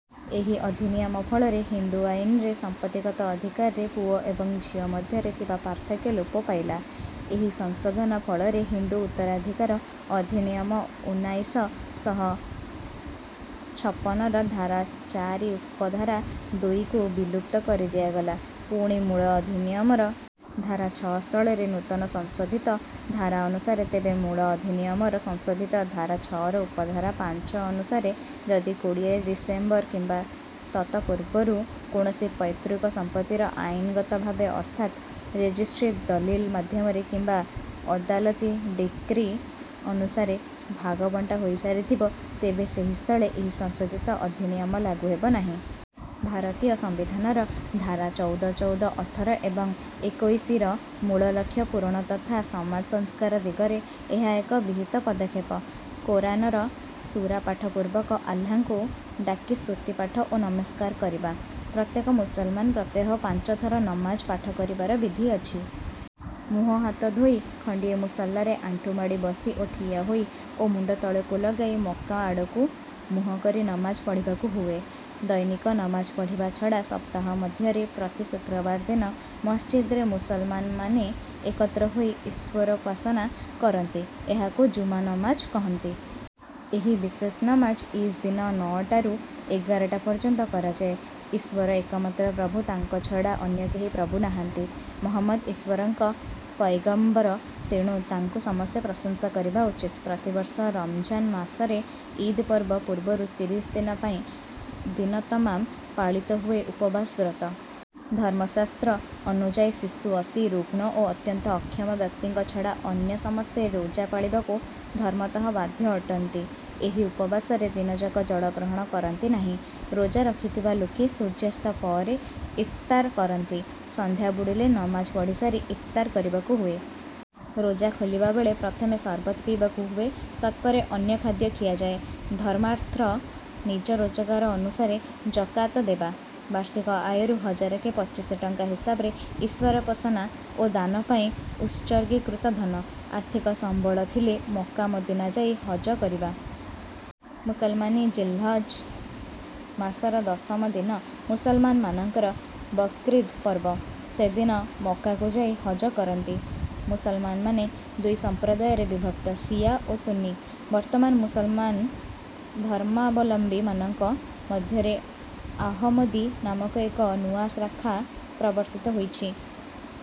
ଏହି ଅଧିନିୟମ ଫଳରେ ହିନ୍ଦୁ ଆଇନରେ ସମ୍ପତ୍ତିଗତ ଅଧିକାରରେ ପୁଅ ଏବଂ ଝିଅ ମଧ୍ୟରେ ଥିବା ପାର୍ଥକ୍ୟ ଲୋପ ପାଇଲା। ଏହି ସଂଶୋଧନ ଫଳରେ ହିନ୍ଦୁ ଉତ୍ତରାଧିକାର ଅଧିନିୟମ ଉନାଇଶ ଶହ ଛପନର ଧାରା ଚାରି ଉପଧାରା ଦୁଇକୁ ବିଲୁପ୍ତ କରିଦିଆଗଲା। ପୁଣି ମୂଳ ଅଧିନିୟମର ଧାରା ଛଅ ସ୍ଥଳରେ ନୂତନ ସଂଶୋଧିତ ଧାରା ଅନୁସାରେ ତେବେ ମୂଳ ଅଧିନିୟମର ସଂଶୋଧିତ ଧାରା ଛଅର ଉପଧାରା ପାଞ୍ଚ ଅନୁସାରେ ଯଦି କୋଡ଼ିଏ ଡିସେମ୍ବର କିମ୍ବା ତତ ପୂର୍ବରୁ କୌଣସି ପୈତୃକ ସମ୍ପତ୍ତିର ଆଇନଗତ ଭାବେ ଅର୍ଥାତ ରେଜିଷ୍ଟ୍ରି ଦଲିଲ ମାଧ୍ୟମରେ କିମ୍ବା ଅଦାଲତି ଡିକ୍ରୀ ଅନୁସାରେ ଭାଗବଣ୍ଟା ହୋଇସାରିଥିବ ତେବେ ସେହି ସ୍ଥଳେ ଏହି ସଂଶୋଧିତ ଅଧିନିୟମ ଲାଗୁ ହେବ ନାହିଁ। ଭାରତୀୟ ସମ୍ବିଧାନର ଧାରା ଚଉଦ ଚଉଦ ଅଠର ଏବଂ ଏକୋଇଶିର ମୂଳ ଲକ୍ଷ୍ୟ ପୂରଣ ତଥା ସମାଜ ସଂସ୍କାର ଦିଗରେ ଏହା ଏକ ବିହିତ ପଦକ୍ଷେପ। କୋରାନର ସୁରା ପାଠ ପୂର୍ବକ ଆଲ୍ଲାଙ୍କୁ ଡାକି ସ୍ତୁତିପାଠ ଓ ନମସ୍କାର କରିବା। ପ୍ରତ୍ୟେକ ମୁସଲମାନ ପ୍ରତ୍ୟହ ପାଞ୍ଚ ଥର ନମାଜ ପାଠ କରିବାର ବିଧି ଅଛି। ମୁହଁ ହାତ ଧୋଇ ଖଣ୍ଡିଏ ମୁସଲ୍ଲାରେ ଆଣ୍ଠୁମାଡ଼ି ବସି ଓ ଠିଆହୋଇ ଓ ମୁଣ୍ଡ ତଳକୁ ଲଗାଇ ମକ୍କା ଆଡ଼କୁ ମୁହଁ କରି ନମାଜ ପଢ଼ିବାକୁ ହୁଏ। ଦୈନିକ ନମାଜ ପଢ଼ିବା ଛଡ଼ା ସପ୍ତାହ ମଧ୍ୟରେ ପ୍ରତି ଶୁକ୍ରବାର ଦିନ ମସଜିଦରେ ମୁସଲମାନମାନେ ଏକତ୍ର ହୋଇ ଈଶ୍ୱରୋପାସନା କରନ୍ତି ଏହାକୁ ଯୁମା ନମାଜ କହନ୍ତି। ଏହି ବିଶେଷ ନମାଜ ଇଦ ଦିନ ନଅଟାରୁ ଏଗାରଟା ପର୍ଯ୍ୟନ୍ତ କରାଯାଏ। ଈଶ୍ୱର ଏକମାତ୍ର ପ୍ରଭୁ ତାଙ୍କ ଛଡ଼ା ଅନ୍ୟ କେହି ପ୍ରଭୁ ନାହାନ୍ତି। ମହମ୍ମଦ ଈଶ୍ୱରଙ୍କ ପୈଗମ୍ବର ତେଣୁ ତାଙ୍କୁ ସମସ୍ତେ ପ୍ରଶଂସା କରିବା ଉଚିତ। ପ୍ରତିବର୍ଷ ରମଜାନ ମାସରେ ଇଦ ପର୍ବ ପୂର୍ବରୁ ତିରିଶି ଦିନ ପାଇଁ ଦିନତମାମ ପାଳିତ ହୁଏ ଉପବାସ ବ୍ରତ। ଧର୍ମଶାସ୍ତ୍ର ଅନୁଯାୟୀ ଶିଶୁ ଅତି ରୁଗ୍ଣ ଓ ଅତ୍ୟନ୍ତ ଅକ୍ଷମ ବ୍ୟକ୍ତିଙ୍କ ଛଡ଼ା ଅନ୍ୟ ସମସ୍ତେ ରୋଜା ପାଳିବାକୁ ଧର୍ମତଃ ବାଧ୍ୟ ଅଟନ୍ତି। ଏହି ଉପବାସରେ ଦିନଯାକ ଜଳଗ୍ରହଣ କରନ୍ତି ନାହିଁ। ରୋଜା ରଖିଥିବା ଲୋକେ ସୂର୍ଯ୍ୟାସ୍ତ ପରେ ଇଫତାର କରନ୍ତି। ସନ୍ଧ୍ୟା ବୁଡ଼ିଲେ ନମାଜ ପଢ଼ିସାରି ଇଫତାର କରିବାକୁ ହୁଏ। ରୋଜା ଖୋଲିବା ବେଳେ ପ୍ରଥମେ ସରବତ ପିଇବାକୁ ହୁଏ ତତ୍ପରେ ଅନ୍ୟ ଖାଦ୍ୟ ଖିଆଯାଏ। ଧର୍ମାର୍ଥ ନିଜ ରୋଜଗାର ଅନୁସାରେ ଜକାତ ଦେବା। ବାର୍ଷିକ ଆୟରୁ ହଜାରକେ ପଚିଶି ଟଙ୍କା ହିସାବରେ ଈଶ୍ୱରୋପାସନା ଓ ଦାନ ପାଇଁ ଉତ୍ସର୍ଗୀକୃତ ଧନ। ଆର୍ଥିକ ସମ୍ବଳ ଥିଲେ ମକ୍କା ମଦିନା ଯାଇ ହଜ କରିବା। ମୁସଲମାନୀ ଜିଲ୍ହଜ ମାସର ଦଶମ ଦିନ ମୁସଲମାନମାନଙ୍କର ବକ୍ରୀଦ ପର୍ବ। ସେଦିନ ମକ୍କାକୁ ଯାଇ ହଜ କରନ୍ତି। ମୁସଲମାନମାନେ ଦୁଇ ସମ୍ପ୍ରଦାୟରେ ବିଭକ୍ତ ଶିଆ ଓ ସୁନ୍ନି। ବର୍ତ୍ତମାନ ମୁସଲମାନ ଧର୍ମାବଲମ୍ବୀମାନଙ୍କ ମଧ୍ୟରେ ଆହମ୍ମଦୀ ନାମକ ଏକ ନୂଆ ଶାଖା ପ୍ରବର୍ତ୍ତିତ ହୋଇଛି।